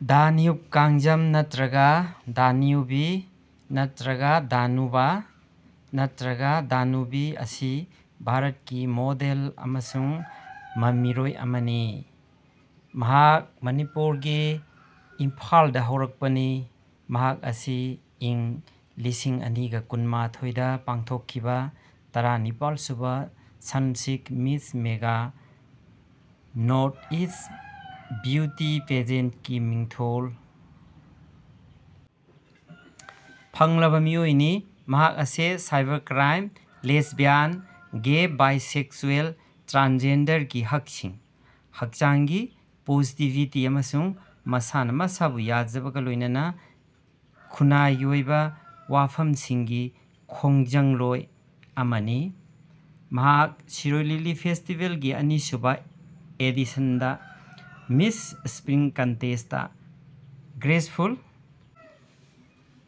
Danube Kangjam (ꯅꯠꯇ꯭ꯔꯒ ꯗꯥꯅ꯭ꯌꯨꯕꯤ ꯅꯠꯇ꯭ꯔꯒ ꯗꯥꯅꯨꯕ ꯅꯠꯇ꯭ꯔꯒ ꯗꯥꯅꯨꯕꯤ) ꯑꯁꯤ ꯚꯥꯔꯠꯀꯤ ꯃꯣꯗꯦꯜ ꯑꯃꯁꯨꯡ ꯃꯃꯤꯔꯣꯏ ꯑꯃꯅꯤ꯫ ꯃꯍꯥꯛ ꯃꯅꯤꯄꯨꯔꯒꯤ ꯏꯝꯐꯥꯜꯗ ꯍꯧꯔꯛꯄꯅꯤ꯫ ꯃꯍꯥꯛ ꯑꯁꯤ ꯏꯪ ꯂꯤꯁꯤꯡ ꯑꯅꯤꯒ ꯀꯨꯟꯃꯥꯊꯣꯏꯗ ꯄꯥꯡꯊꯣꯛꯈꯤꯕ ꯇꯔꯥꯅꯤꯄꯥꯜꯁꯨꯕ Sunsilk Miss Mega Northeast beauty ꯄꯦꯖꯦꯟꯀꯤ ꯃꯤꯡꯊꯣꯜ ꯐꯪꯂꯕ ꯃꯤꯑꯣꯏꯅꯤ꯫ ꯃꯍꯥꯛ ꯑꯁꯤ cyber crime, lesbian gay bisexual ꯇ꯭ꯔꯥꯟꯁꯖꯦꯟꯗꯔꯒꯤ ꯍꯛꯁꯤꯡ, ꯍꯛꯆꯥꯡꯒꯤ ꯄꯣꯖꯤꯇꯤꯚꯤꯇꯤ ꯑꯃꯁꯨꯡ ꯃꯁꯥꯅ ꯃꯁꯥꯕꯨ ꯌꯥꯖꯕꯒ ꯂꯣꯏꯅꯅ ꯈꯨꯟꯅꯥꯏꯒꯤ ꯑꯣꯏꯕ ꯋꯥꯐꯝꯁꯤꯡꯒꯤ ꯈꯣꯡꯖꯪꯂꯣꯏ ꯑꯃꯅꯤ꯫ ꯃꯍꯥꯛ ꯁꯤꯔꯨꯏ ꯂꯤꯂꯤ ꯐꯦꯁꯇꯤꯕꯦꯜꯒꯤ ꯑꯅꯤꯁꯨꯕ ꯑꯦꯗꯤꯁꯟꯗ ꯃꯤꯁ ꯁ꯭ꯄ꯭ꯔꯤꯡ ꯀꯟꯇꯦꯁꯇ "ꯒ꯭ꯔꯦꯁꯐꯨꯜ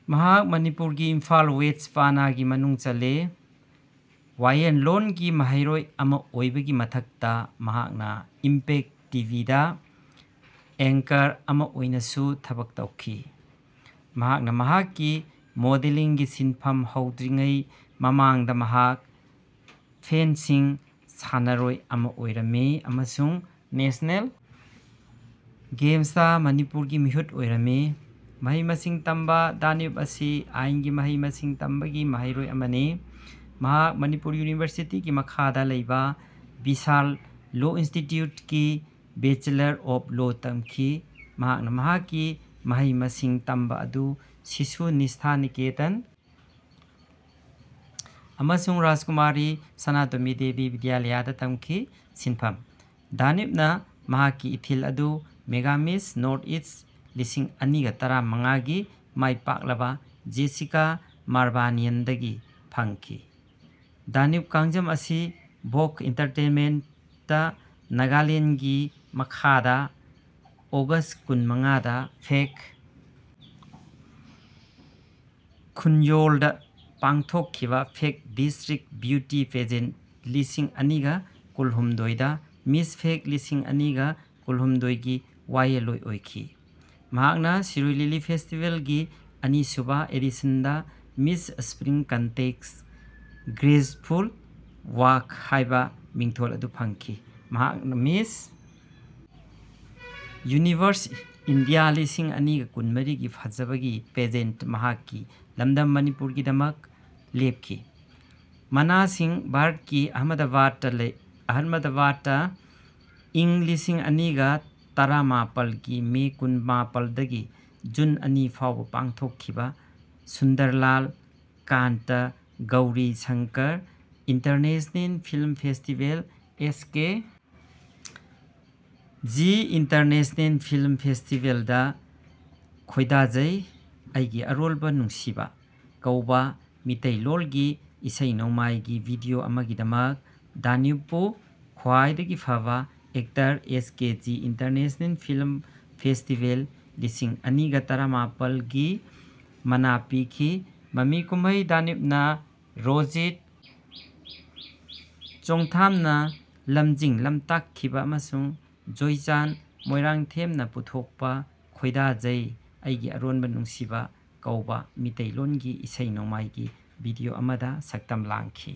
ꯃꯍꯥꯛ ꯃꯅꯤꯄꯨꯔꯒꯤ ꯏꯝꯐꯥꯜ ꯋꯦꯁ ꯄꯅꯥꯒꯤ ꯃꯅꯨꯡ ꯆꯜꯂꯤ꯫ ꯋꯥꯌꯦꯜꯂꯣꯟꯒꯤ ꯃꯍꯩꯔꯣꯏ ꯑꯃ ꯑꯣꯏꯕꯒꯤ ꯃꯊꯛꯇ, ꯃꯍꯥꯛꯅ ꯏꯝꯄꯦꯛ ꯇꯤꯚꯤꯗ ꯑꯦꯡꯀꯔ ꯑꯃ ꯑꯣꯏꯅꯁꯨ ꯊꯕꯛ ꯇꯧꯈꯤ꯫ ꯃꯍꯥꯛꯅ ꯃꯍꯥꯛꯀꯤ ꯃꯣꯗꯦꯂꯤꯡꯒꯤ ꯁꯤꯟꯐꯝ ꯍꯧꯗ꯭ꯔꯤꯉꯩ ꯃꯃꯥꯡꯗ ꯃꯍꯥꯛ ꯐꯦꯟꯁꯤꯡ ꯁꯥꯟꯅꯔꯣꯏ ꯑꯃ ꯑꯣꯏꯔꯝꯃꯤ ꯑꯃꯁꯨꯡ ꯅꯦꯁꯅꯦꯜ ꯒꯦꯝꯁꯇ ꯃꯅꯤꯄꯨꯔꯒꯤ ꯃꯤꯍꯨꯠ ꯑꯣꯏꯔꯝꯃꯤ꯫ ꯃꯍꯩ-ꯃꯁꯤꯡ ꯇꯝꯕ ꯗꯥꯅ꯭ꯌꯨꯕ ꯑꯁꯤ ꯑꯥꯏꯟꯒꯤ ꯃꯍꯩ-ꯃꯁꯤꯡ ꯇꯝꯕꯒꯤ ꯃꯍꯩꯔꯣꯏ ꯑꯃꯅꯤ꯫ ꯃꯍꯥꯛ ꯃꯅꯤꯄꯨꯔ ꯌꯨꯅꯤꯚꯔꯁꯤꯇꯤꯒꯤ ꯃꯈꯥꯗ ꯂꯩꯕ ꯕꯤꯁꯥꯜ ꯂꯣ ꯏꯟꯁꯇꯤꯇ꯭ꯌꯨꯠꯇꯒꯤ ꯕꯦꯆꯦꯂꯔꯁ ꯑꯣꯐ ꯂꯣ ꯇꯝꯈꯤ꯫ ꯃꯍꯥꯛꯅ ꯃꯍꯥꯛꯀꯤ ꯃꯍꯩ-ꯃꯁꯤꯡ ꯇꯝꯕ ꯑꯗꯨ ꯁꯤꯁꯨ ꯅꯤꯁ꯭ꯊꯥ ꯅꯤꯀꯦꯇꯟ ꯑꯃꯁꯨꯡ ꯔꯥꯖꯀꯨꯃꯥꯔꯤ ꯁꯅꯥꯇꯣꯝꯕꯤ ꯗꯦꯕꯤ ꯕꯤꯗ꯭ꯌꯥꯂꯌꯥꯗ ꯇꯝꯈꯤ꯫ ꯁꯤꯟꯐꯝ: ꯗꯥꯅ꯭ꯌꯨꯕꯅ ꯃꯍꯥꯛꯀꯤ ꯏꯊꯤꯜ ꯑꯗꯨ ꯃꯦꯒꯥ ꯃꯤꯁ ꯅꯣꯔꯠ ꯏ꯭ꯁꯠ ꯂꯤꯁꯤꯡ ꯑꯅꯤꯒ ꯇꯔꯥꯃꯉꯥꯒꯤ ꯃꯥꯏꯄꯥꯛꯂꯕ ꯖꯦꯁꯤꯀꯥ ꯃꯥꯔꯕꯥꯅꯤꯌꯟꯗꯒꯤ ꯐꯪꯈꯤ꯫ ꯗꯥꯅ꯭ꯌꯨꯕ ꯀꯥꯡꯖꯝ ꯑꯁꯤ ꯚꯣꯒ ꯑꯦꯟꯇꯔꯇꯦꯟꯃꯦꯟꯇ ꯅꯥꯒꯥꯂꯦꯟ ꯒꯤ ꯃꯈꯥꯗ ꯑꯣꯒꯁꯠ ꯀꯨꯟꯃꯉꯥꯗ ꯐꯦꯛ ꯈꯨꯟꯌꯣꯜꯗ ꯄꯥꯡꯊꯣꯛꯈꯤꯕ ꯐꯦꯛ ꯗꯤꯁꯇ꯭ꯔꯤꯛ ꯕ꯭ꯌꯨꯇꯤ ꯄꯦꯖꯦꯟ ꯂꯤꯁꯤꯡ ꯑꯅꯤꯒ ꯀꯨꯟꯍꯨꯝꯗꯣꯏꯗ ꯃꯤꯁ ꯐꯦꯛ ꯂꯤꯁꯤꯡ ꯑꯅꯤꯒ ꯀꯨꯟꯍꯨꯝꯗꯣꯏꯒꯤ ꯋꯥꯌꯦꯜꯂꯣꯏ ꯑꯣꯏꯈꯤ꯫ ꯃꯍꯥꯛꯅ ꯁꯤꯔꯨꯏ ꯂꯤꯂꯤ ꯐꯦꯁꯇꯤꯕꯦꯜꯒꯤ ꯑꯅꯤꯁꯨꯕ ꯑꯦꯗꯤꯁꯟꯗ Miss spring contest "graceful walk" ꯍꯥꯏꯕ ꯃꯤꯡꯊꯣꯜ ꯑꯗꯨ ꯐꯪꯈꯤ꯫ ꯃꯍꯥꯛꯅ ꯃꯤꯁ ꯌꯨꯅꯤꯚꯔꯁ ꯏꯟꯗꯤꯌꯥ ꯂꯤꯁꯤꯡ ꯑꯅꯤꯒ ꯀꯨꯟꯃꯔꯤꯒꯤ ꯐꯖꯕꯒꯤ ꯄꯦꯖꯦꯟꯇ ꯃꯍꯥꯛꯀꯤ ꯂꯝꯗꯝ ꯃꯅꯤꯄꯨꯔꯒꯤꯗꯃꯛ ꯂꯦꯞꯈꯤ꯫ ꯃꯅꯥꯁꯤꯡ ꯚꯥꯔꯠꯀꯤ ꯑꯍꯃꯗꯕꯥꯗꯇ ꯂꯩ ꯑꯍꯃꯗꯕꯥꯗꯇ ꯏꯪ ꯂꯤꯁꯤꯡ ꯑꯅꯤꯒ ꯇꯔꯥꯃꯥꯄꯜꯒꯤ ꯃꯦ ꯀꯨꯟꯃꯥꯄꯜꯗꯒꯤ ꯖꯨꯟ ꯑꯅꯤ ꯐꯥꯎꯕ ꯄꯥꯡꯊꯣꯛꯈꯤꯕ Sundarlal Kanta Gauri Shankar international film festival (S K G international film ꯐꯦꯁꯇꯤꯕꯦꯜ)ꯗ "ꯈꯣꯏꯗꯥꯖꯩ (ꯑꯩꯒꯤ ꯑꯔꯣꯟꯕ ꯅꯨꯡꯁꯤꯕ)" ꯀꯧꯕ ꯃꯩꯇꯩ ꯂꯣꯟꯒꯤ ꯏꯁꯩ-ꯅꯣꯡꯃꯥꯏꯒꯤ ꯚꯤꯗꯤꯑꯣ ꯑꯃꯒꯤꯗꯃꯛ ꯗꯥꯅ꯭ꯌꯨꯕꯄꯨ ꯈ꯭ꯋꯥꯏꯗꯒꯤ ꯐꯕ actor S K G international film festival -ꯂꯤꯁꯤꯡ ꯑꯅꯤꯒꯥ ꯇꯔꯥꯃꯥꯄꯜꯒꯤ ꯃꯅꯥ ꯄꯤꯈꯤ꯫ ꯃꯃꯤ ꯀꯨꯝꯍꯩ ꯗꯥꯅ꯭ꯌꯨꯕꯅ ꯔꯣꯖꯤꯠ ꯆꯣꯡꯊꯥꯝꯅ ꯂꯝꯖꯤꯡ-ꯂꯝꯇꯥꯛꯈꯤꯕ ꯑꯃꯁꯨꯡ ꯖꯣꯏꯆꯥꯟ ꯃꯣꯏꯔꯥꯡꯊꯦꯝꯅ ꯄꯨꯊꯣꯛꯄ "ꯈꯣꯏꯗꯥꯖꯩ (ꯑꯩꯒꯤ ꯑꯔꯣꯟꯕ ꯅꯨꯡꯁꯤꯕ)" ꯀꯧꯕ ꯃꯩꯇꯩ ꯂꯣꯟꯒꯤ ꯏꯁꯩ-ꯅꯣꯡꯃꯥꯏꯒꯤ ꯚꯤꯗꯤꯑꯣ ꯑꯃꯗ ꯁꯛꯇꯝ ꯂꯥꯡꯈꯤ꯫